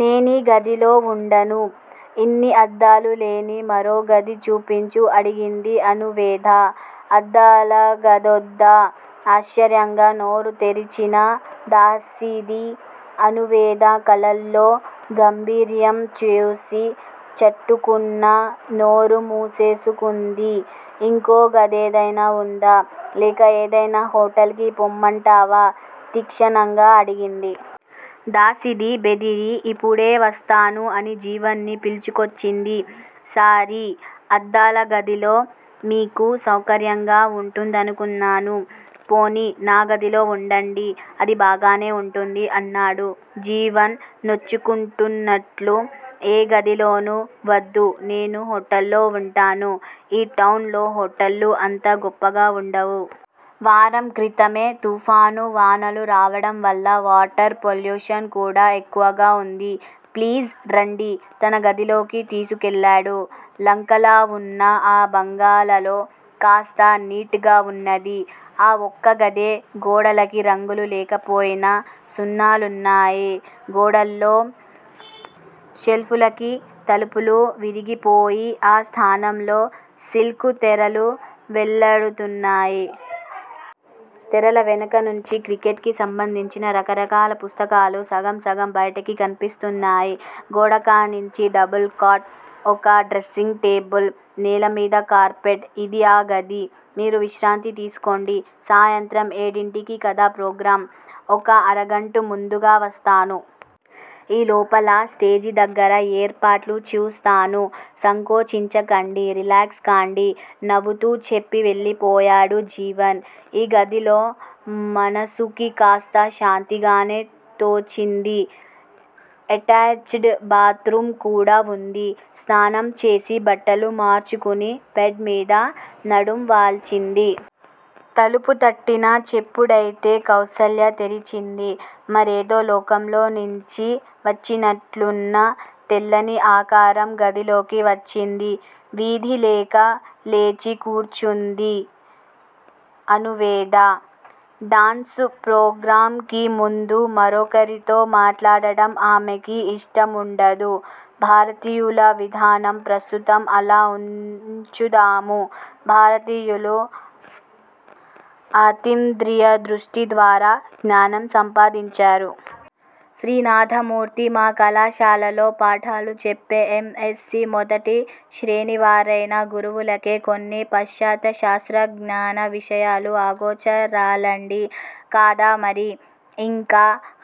నేనీ గదిలో వుండను. ఇన్ని అద్దాలు లేని మరో గది చూపించు అడిగింది అణువేద. అద్దాలగదోద్దా! ఆశ్చర్యంగా నోరు తెరచిన దాసిది అణువేద కళ్ళలో గాంభీర్యం చూసి చట్టుకున్న నోరు ముసేసుకుంది. ఇంకో గదేదైనా వుందా? లేక ఏదైనా హొటల్ కి పొమ్మంటావా? తీక్షణంగా అడిగింది. దాసిది బెదిరి యిపుడే వస్తాను అని జీవన్ ని పిలుచుకొచ్చింది. సారి! అద్దాల గదిలో మీకు సౌకర్యంగా వుంటుదనుకున్నాను. పోనీ నా గదిలో వుండండి. అది బాగానే వుంటుంది. అన్నాడు జీవన్ నొచ్చుకుంటున్నట్లు. ఏ గదిలోనూ వద్దు నేను హొటల్లో వుంటాను. ఈ టౌన్ లో హోటళ్ళు అంత గొప్పగా వుండవు. వారం క్రితమే తుఫాను వానలు రావడం వల్ల వాటర్ పోల్యుషన్ కూడా ఎక్కువగా వుంది ప్లీజ్ రండి. తన గదిలోకి తీసుకెళ్ళాడు. లంకలా వున్న అ బంగళాలో కాస్త నీట్ గా వున్నది ఆ వొక్క గదే గోడలకి రంగులు లేకపోయినా సున్నాలున్నాయి. గోడల్లో షెల్ఫులకి తలుపులు విరిగిపోయి ఆ స్థానంలో సిల్కు తెరలు వెళ్ళాడుతున్నాయి. తెరల వెనకనించి క్రికెట్ కి సంబంధించిన రకరకాల పుస్తకాలు సగం సగం బయటికి కనిపిస్తున్నాయి. గోడ కానించి డబుల్ కాట్, ఒక డ్రస్సింగ్ టేబిల్, నేల మీద కార్పెట్, ఇది ఆ గది. మీరు విశ్రాంతి తీసుకోండి. సాయంత్రం ఏడింటికి కదా ప్రోగ్రాం ఒక అరగంటు ముందుగా వస్తాను. ఈ లోపల స్టేజి దగ్గర యేర్పాట్లు చూస్తాను. సంకోచించకండి. రిలాక్స్ కండి నవుతూ చెప్పి వెళ్లిపోయాడు జీవన్. ఈ గదిలో మనసుకి కాస్త శాంతిగానే తోచింది. ఎటాచ్ డ్ బాత్ రూమ్ కూడా వుంది. స్నానం చేసి బట్టలు మార్చుకుని బెడ్ మీద నడుం వాల్చింది. తలుపు తట్టిన చెప్పుడైతే కౌసల్య తెరిచింది. మరేదో లోకంలోనించి వచ్చినట్లున్న తెల్లని ఆకారం గదిలోకి వచ్చింది. వీధి లేక లేచి కూర్చుంది అణువేద. డాన్సు ప్రోగ్రాంకి ముందు మరొకరితో మాట్లాడటం ఆమెకి యిష్టముండదు. '' భారతీయుల విధానం ప్రస్తుతం అలా ఉంచుదాము. భారతీయులు అతీంద్రియదృష్టిద్వారా జ్ఞానం సంపాదించారు. '' శ్రీనాథమూర్తి: మా కళాశాలలో పాఠాలు చెప్పే ఎమ్. ఎస్. సి మొదటి శ్రేణివారయిన గురువులకే కొన్ని పశ్చాత్య శాస్త్రజ్ఞాన విషయాలు అగోచరాలండీ. '' కాదామరి, ఇంక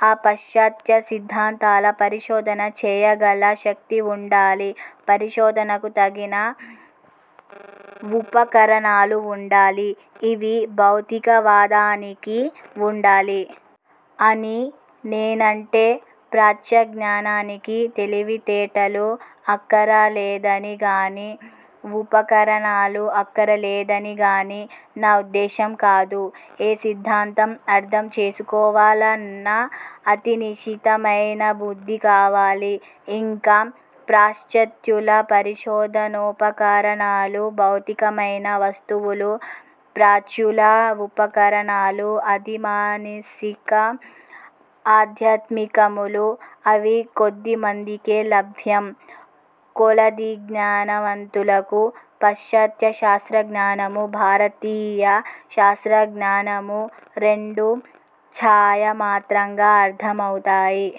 ఆ పశ్చాత్య సిద్దాంతాల పరిశోధన చేయగల శక్తివుండాలి. పరిశోధనకు తగిన వుపకరణాలు వుండాలి. ఇవి భౌతిక వాదానికి వుండాలి. అని నేనంటే, ప్రాచ్యజ్ఞానానికి తెలివితేటలు అక్కరలేదని గాని, వుపకరణాలు అక్కరలేదనిగాని నా ఉద్దేశంకాదు. ఏ సిద్దాంతం అర్ధం చేసుకోవాలన్నా అతినిశితమైనబుద్ది కావాలి. ఇంక ప్రా శ్చత్యుల పరిశోధనోపకరణాలు, భౌతికమైన వస్తువులు, ప్రాచ్యుల వుపకరణాలు అధిమానసిక, ఆధ్యాత్మికములు. అవి కొద్దిమందికే లభ్యం. కొలదిజ్ఞానవంతులకు పాశ్చాత్య శాస్త్రజ్ఞానమూ, భారతీయ శాస్త్రజ్ఞానమూ రెండూ ఛాయామాత్రంగా అర్ధం అవుతాయి.